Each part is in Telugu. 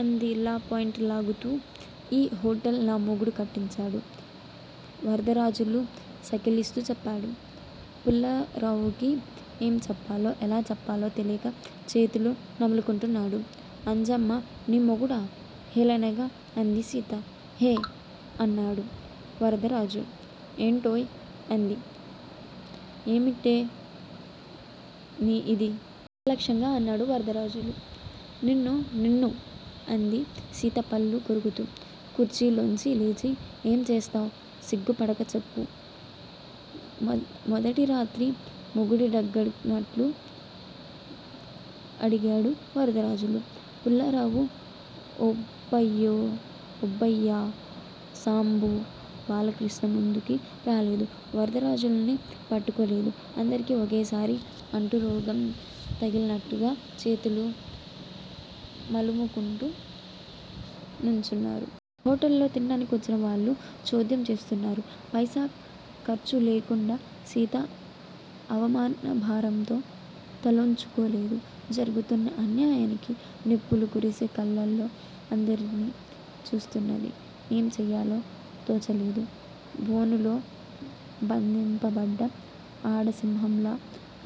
అంది, లా పాయింట్ లాగుతూ. ఈ హొటల్ నా మొగుడు కట్టించాడు. వరదరాజులు సకిలిస్తూ చెప్పాడు. పుల్లారావుకి ఏం చెప్పాలో, ఎలా చెప్పాలో తెలియక చేతులు నులుముకుంటున్నాడు. అంజమ్మ నీ మొగుడా? హేళనగా అంది సీత. ఏయ్ అ న్నాడు వరదరాజు. ఏంటోయ్? అంది ఏమిటే నీ ఇది? నిర్లక్ష్యంగా అన్నాడు వరదరాజులు. నిన్ను నిన్ను అంది సీత పళ్ళు కొరుకుతూ కుర్చీలోంచి లేచి. ఏం చేస్తావ్? సిగ్గుపడక చెప్పు. మొదటిరాత్రి మొగుడడిగినట్లు అడిగాడు వరదరాజులు. పుల్లారావు, ఓబయ్యా, ఓబయ సాంబు, బాలకృష్ణ ముందుకి రాలేదు. వరదరాజులుని పట్టుకోలేదు. అందరికీ ఒకేసారి అంటురోగం తగిలినట్లుగా చేతులు మలుముకుంటూ నుంచున్నారు. హొటల్లో తింటానికొచ్చిన వాళ్లు చోద్యం చూస్తున్నారు పైసా ఖర్చులేకుండా. సీత అవమానభారంతో తలోంచుకోలేదు. జరుగుతున్న అన్యాయానికి నిప్పులు కురిసే కళ్ళతో అందరినీ చూస్తున్నది. ఏం చేయాలో తోచలేదు. బోనులో బంధింపబడ్డ ఆడ సింహంలా,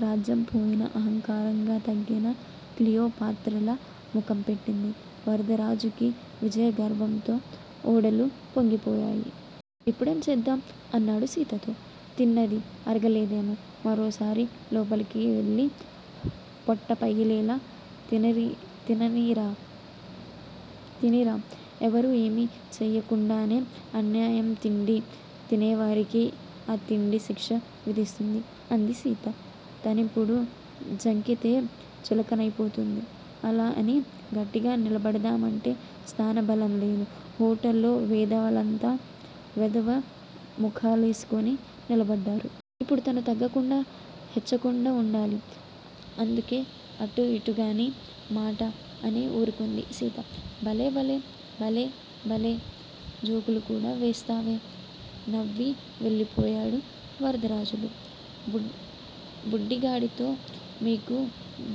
రాజ్యం పోయినా అహంకారం తగ్గని క్లియోపాత్రలా ముఖంపెట్టింది. వరదరాజుకి విజయగర్వంతో ఒడలు పొంగిపోయాయి. ఇప్పుడేం చేద్దాం? అన్నాడు సీతతో. తిన్నది అరగలేదేమో! మరోసారి లోపలికెళ్ళి పొట్టపగిలేలా తినిరా! ఎవరూ ఏమీ చేయకుండానే, అన్యాయం తిండి తినేవారికి ఆ తిండే శిక్ష విధిస్తుంది. అంది సీత. తనిప్పుడు జంకితే చులకనయిపోతుంది. అలా అని గట్టిగా నిలబడదామంటే స్థానబలంలేదు. హొటల్లో వెధవలంతా వెధవ ముఖాలేసుకుని నిలబడ్డారు. ఇప్పుడు తను తగ్గకుండా, హెచ్చకుండా వుండాలి. అందుకే అటూ, ఇటూగాని మాట అని ఊరుకుంది సీత. భలే భలె, భలె, భలె జోకులుకూడా వేస్తావే! నవ్వి వెళ్లి పోయాడు వరదరాజులు, బుడ్డిగాడితో. మీకు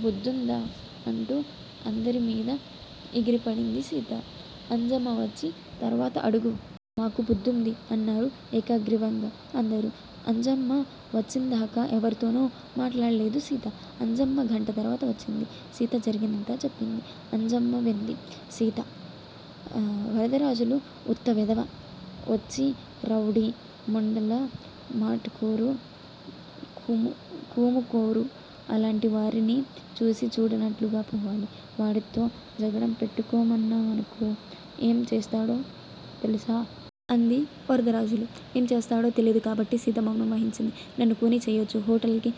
బుద్దుందా? అంటూ అందరి మీద ఎగిరిపడింది సీత. అంజమ్మ వచ్చిన తర్వాత అడుగు. మాకు బుద్దుంది. అన్నారు ఏకగ్రీవంగా అందరూ. అంజమ్మ వచ్చిందాకా ఎవరితోను మాట్లాడలేదు సీత. అంజమ్మ గంట తర్వాత వచ్చింది. సీత జరిగిందంతా చెప్పింది. అంజమ్మ వింది సీతా! వరదరాజులు ఉత్త వెధవ, వచ్చి రౌడీ, ముండల ముఠాకోరు, ఖూనీకోరు, అలాంటివారిని చూసీ చూడనట్లు పోవాలి. వాడితో జగడం పెట్టుకున్నామనుకో, ఏం చేస్తాడో తెలుసా? అంది. వరదరాజులు ఏంచేస్తాడో తెలియదుకాబట్టి సీత మౌనం వహించింది. నన్ను ఖూనీ చెయ్యొచ్చు, హొటల్ కి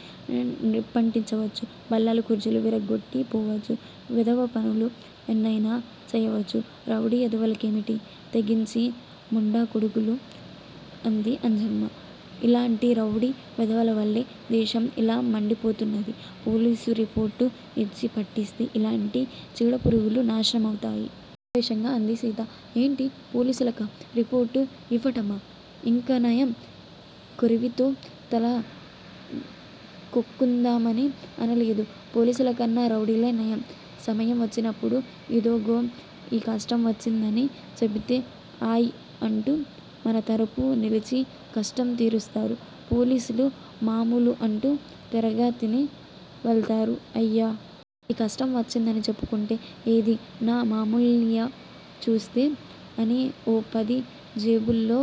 నిప్పంటించవచ్చు. బల్లలు కుర్చీలు విరగగొట్టి పోవచ్చు. వెధవపనులు ఎన్నయినా చెయ్యవచ్చు రౌడీ ఎదవలకేమిటి, తెగించిన ముండాకొడుకులు. అంది అంజమ్మ. ఇలాంటి రౌడీ వెధవలవల్లే దేశం ఇలామండిపోతున్నది. పోలీసు రిపోర్టు యిచ్చి, పట్టిస్తే, ఇలాంటి చీడపురుగులు నాశనం అవుతాయి. ఆవేశంగా అందిసీత. ఏంటీ! పోలీసులకా! రిపోర్టు యివ్వటమా? ఇంకానయం కొరివితో తల కోక్కుందామని అనలేదు. పోలీసులకన్నా రౌడీలే నయం, సమయం వచ్చినప్పుడు. ఇదిగో ఈ కష్టం వచ్చిందని చెపితే, అయ్ అంటూ మనతరపున నిలిచి కష్టంతీరుస్తారు. పోలీసోళ్ళు మామూలు అంటూ తేరగా తిని వెళతారు. అయ్యా! ఈ కష్టం వచ్చిందని చెప్పుకుంటే, ఏదీ, నా మామూలియ్యి, చూస్తా అని ఓ పది జేబులో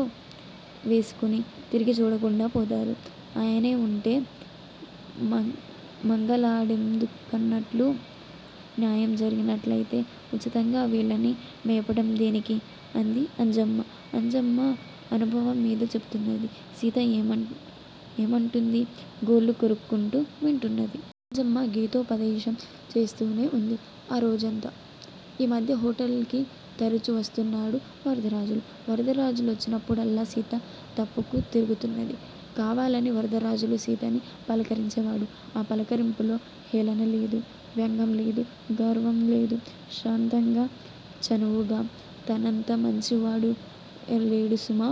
వేసుకుని తిరిగి చూడకుండా పోతారు. ఆయనే వుంటే మంగలాడెందుకన్నట్లు, న్యాయం జరిగేటట్లయితే ఉచితంగా వీళ్ళని మేపటం దేనికి? అంది అంజమ్మ. అంజమ్మ అనుభవంమీద చెపుతున్నది. సీత ఏమంటుంది? గోళ్ళు కొరుక్కుంటూ వింటున్నది. అంజమ్మ గీతోపదేశం చేస్తూనే వుంది ఆ రోజంతా. ఈమధ్య హొటల్ కి తరచు వస్తున్నాడు వరదరాజులు. వరదరాజులొచ్చినప్పుడల్లా సీత తప్పుకు తిరుగుతున్నది. కావాలని వరదరాజులు, సీతని పలకరించేవాడు. ఆ పలకరింపులొ హేళన లేదు, వ్యంగ్యం లేదు, గర్వంలేదు. శాంతంగా చనువుగా, తనంత మంచివాడు లేడుసుమా,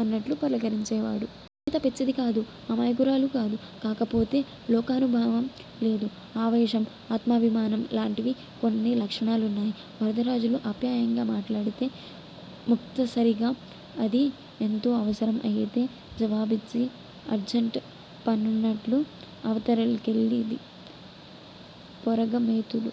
అన్నట్లు పలకరించేవాడు. సీత పిచ్చిదికాదు, అమాయకురాలు కాదు. కాపోతే లోకానుభావం లేదు. ఆవేశం, ఆత్మాభిమనాం లాంటివి కొన్ని లక్షణాలున్నాయి. వరదరాజులు అప్యాయంగా మాట్లాడినా ముక్తసరిగా అదీ ఎంతో అవసరం అయితే జవాబిచ్చి అర్జంట్ పనున్నట్లు అవతలికెళ్ళేది. పొగరమోతులు,